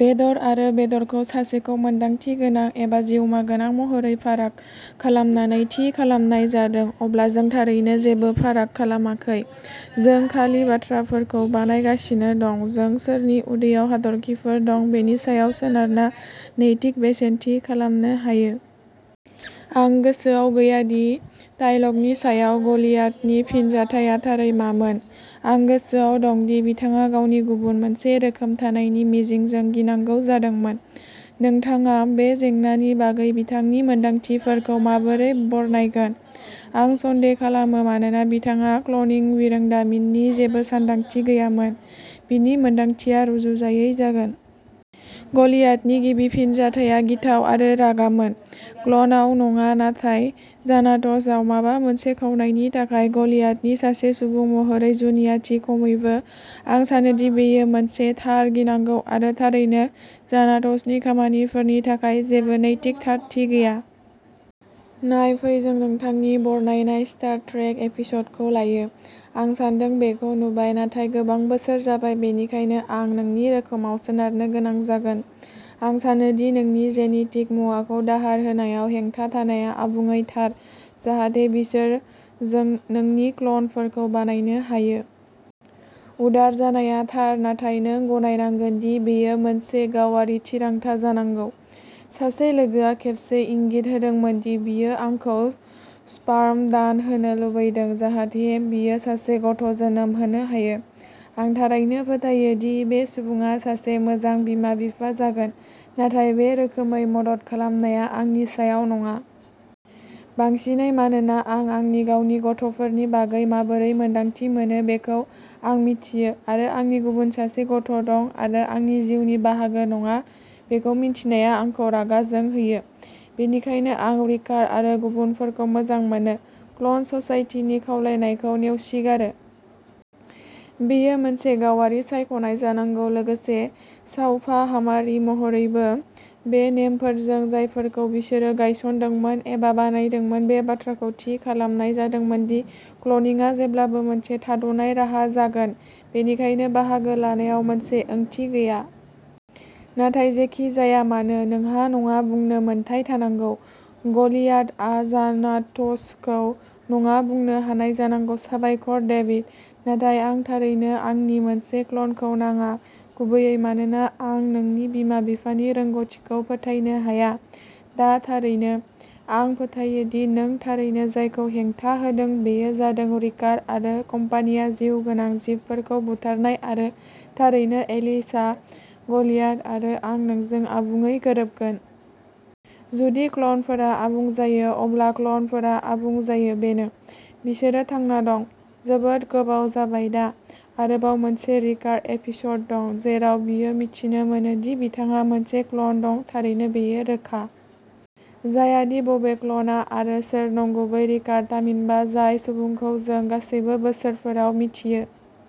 बेदर आरो बेदरखौ सासेखौ मोनदांथि गोनां एबा जिउमा गोनां महरै फाराग खालामनानै थि खालामनाय जादों, अब्ला जों थारैनो जेबो फाराग खालामाखै। जों खालि बाथ्राफोरखौ बानायगासिनो दं। जों सोरनि उदैयाव हाथरखिफोर दं बेनि सायाव सोनारना नैतिक बेसेन थि खालामनो हागौ। आं गोसोआव गैया दि थायलगनि सायाव गलियाथनि फिनजाथाया थारै मामोन। आं गोसोआव दं दि बिथाङा गावनि गुबुन मोनसे रोखोम थानायनि मिजिंजों गिनांगौ जादोंमोन। नोंथाङा बे जेंनानि बागै बिथांनि मोनदांथिफोरखौ माबोरै बरनायगोन। आं सन्देह खालामो मानोना बिथांहा क्लनिं बिरोंदामिननि जेबो सानदांथि गैयामोन, बिनि मोनदांथिया रुजुजायै जागोन। गलियाथनि गिबि फिनजाथाया गिथाव आरो रागामोन। क्ल'नआव नङा, नाथाय जानाट'सआव माबा मोनसे खावनायनि थाखाय गलियाथनि सासे सुबुं महरै जुनियाथि, खमैबो। आं सानोदि बेयो मोनसे थार गिनांगौ आरो थारैनो, जानाट'सनि खामानिफोरनि थाखाय जेबो नैतिक थारथि गैया। नाय, फै जों नोंथांनि बरनायनाय स्टार ट्रेक एपिसडखौ लायो। आं सानदों। बेखौ नुबाय, नाथाय गोबां बोसोर जाबाय, बेनिखायनो आं नोंनि रोखोमाव सोनारनो गोनां जागोन। आं सानो दि नोंनि जेनेटिक मुवाखौ दाहार होनायाव हेंथा थानाया आबुङै थार, जाहाथे बिसोर जों नोंनि क्ल'नफोरखौ बानायनो हायो। उदार जानाया थार, नाथाय नों गनायनांगोन दि बेयो मोनसे गावारि थिरांथा जानांगौ। सासे लोगोआ खेबसे इंगित होदोंमोन दि बियो आंखौ स्पार्म दान होनो लुबैदों जाहाथे बियो सासे गथ' जोनोम होनो हायो। आं थारैनो फोथायो दि बे सुबुङा सासे मोजां बिमा-बिफा जागोन, नाथाय बे रोखोमै मदद खालामनाया आंनि सायाव नङा। बांसिनै मानोना आं आंनि गावनि गथ'फोरनि बागै माबोरै मोन्दांथि मोनो बेखौ आं मिथियो आरो आंनि गुबुन सासे गथ' दं आरो आंनि जिउनि बाहागो नङा बेखौ मिन्थिनाया आंखौ रागा जोंहोयो। बेनिखायनो आं रिकार आरो गुबुनफोरखौ मोजां मोनो, क्ल'न ससाइटिनि खावलायनायखौ नेवसिगारो। बेयो मोनसे गावारि सायख'नाय जानांगौ। लोगोसे, सावफाहामारि महरैबो। बे नेमफोरजों, जायफोरखौ बिसोरो गायसनदोंमोन एबा बानायदोंमोन बे बाथ्राखौ थि खालामनाय जादोंमोन दि क्लनिंआ जेब्लाबो मोनसे थाद'नाय राहा जागोन। बेनिखायनो बाहागो लानायाव मोनसे ओंथि गैया। नाथाय जेखि जाया मानो। नोंहा नङा बुंनो मोन्थाइ थानांगौ। गलियाथआ जानाट'सखौ नङा बुंनो हानाय जानांगौ साबायखर, डेभिड, नाथाय आं थारैनो आंनि मोनसे क्ल'नखौ नाङा, गुबैयै मानोना आं नोंनि बिमा-बिफानि रोंग'थिखौ फोथायनो हाया। दा थारैनो, आं फोथायो दि नों थारैनो जायखौ हेंथा होदों बेयो जादों रिकार आरो कम्पानिया जिउगोनां जिबफोरखौ बुथारनाय आरो थारैनो एलिसा, गलियाथ आरो आं नोंजों आबुङै गोरोबगोन। जुदि क्ल'नफोरा आबुं जायो, अब्ला क्ल'नफोरा आबुं जायो। बेनो। बिसोरो थांना दं। जोबोद गोबाव जाबाय दा, आरोबाव मोनसे रिकार एपिस'ड दं जेराव बियो मिथिनो मोनो दि बिथांहा मोनसे क्ल'न दं थारैनो बेयो रोखा जाया दि बबे क्ल'नआ आरो सोर नंगुबै रिकार थामहिनबा जाय सुबुंखौ जों गासै बोसोरफोराव मिथियो,